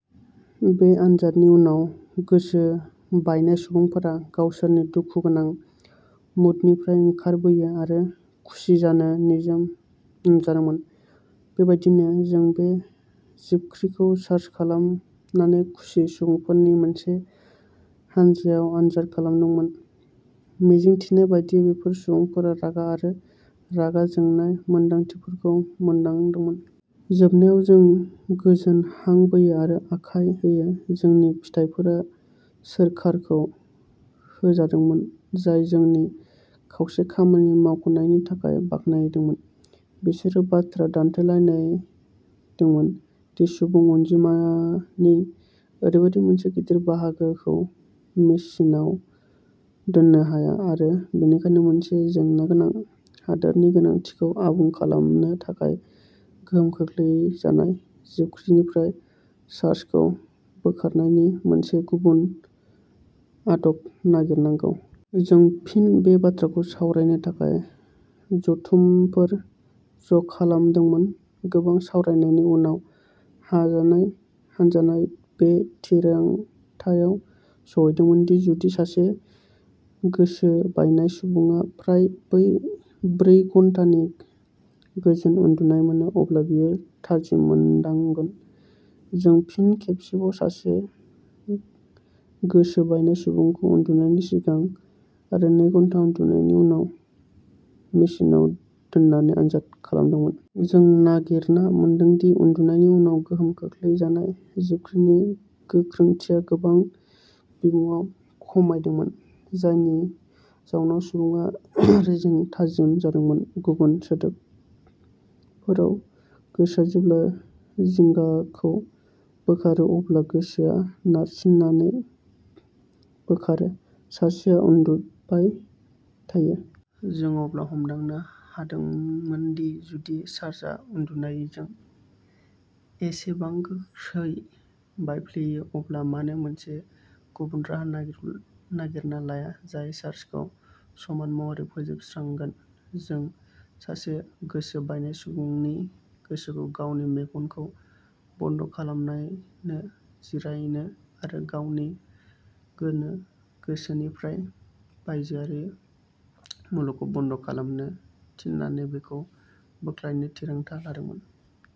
बे आनजादनि उनाव, गोसो बायनाय सुबुंफोरा गावसोरनि दुखुगोनां मुडनिफ्राय ओंखारबोयो आरो खुसि आरो निजोम नुजादोंमोन। बेबायदिनो, जों बे जिबख्रिखौ चार्ज खालामनानै खुसि सुबुंफोरनि मोनसे हानजायाव आनजाद खालामदोंमोन। मिजिंथिनाय बायदियै, बेफोर सुबुंफोरा रागा आरो रागा जोंनाय मोन्दांथिफोरखौ मोनदांदोंमोन। जोबनायाव जों गोजोन हां बोयो आरो आखाय होयो। जोंनि फिथाइफोरा सोरखारखौ होजादोंमोन, जाय जोंखौ खावसे खामानि मावखांनायनि थाखाय बाख्नायदोंमोन। बिसोरो बाथ्रा दान्थेलायदोंमोन दि सुबुं अनजिमानि ओरैबायदि मोनसे गिदिर बाहागोखौ मेसिनआव दोन्नो हाया आरो बेनिखायनो मोनसे जेंनागोनां हादोरनि गोनांथिखौ आबुं खालामनो थाखाय गोहोम खोख्लैजानाय जिबख्रिनिफ्राय चार्जखौ बोखारनायनि मोनसे गुबुन आदब नागिरनांगौ। जों फिन बे बाथ्राखौ सावरायनो थाखाय जथुमफोर ज'खालामदोंमोन। गोबां सावरायनायनि उनाव, हानजाया बे थिरांथायाव सौहैदोंमोन दि जुदि सासे गोसोबायनाय सुबुङा फ्राय ब्रै घन्टानि गोजोन उन्दुनाय मोनो, अब्ला बियो थाजिम मोनदांगोन। जों फिन खेबसेबाव सासे गोसोबायनाय सुबुंखौ उन्दुनायनि सिगां आरो नै घन्टा उन्दुनायनि उनाव मेसिनआव दोननानै आनजाद खालामदोंमोन। जों नागिरना मोनदों दि उन्दुनायनि उनाव, गोहोम खोख्लैजानाय जिबख्रिनि गोख्रोंथिया गोबां बिबाङाव खमायदोंमोन, जायनि जाउनाव सुबुङा रेजें आरो थाजिम जादोंमोन। गुबुन सोदोबफोराव, गोसोआ जेब्ला जिंगाखौ बोखारो अब्ला गोसोआ नारसिननायखौ बोखारो। सासेया उन्दुबाय थायो। जों अब्ला हमदांनो हादोंमोन दि जुदि चार्जआ उन्दुनायजों एसेबां गोख्रै बायफ्लेयो, अब्ला मानो मोनसे गुबुन राहा नागिरना लाया जाय चार्जखौ समान महरै फोजोबस्रांगोन। जों सासे गोसो बायनाय सुबुंनि गोसोखौ गावनि मेगनखौ बन्द'खालामनो, जिरायनो आरो गावनि गोसोनिफ्राय बायजोआरि मुलुगखौ बन्द'खालामनो थिननानै बिखौ बोख्लायनो थिरांथा लादोंमोन।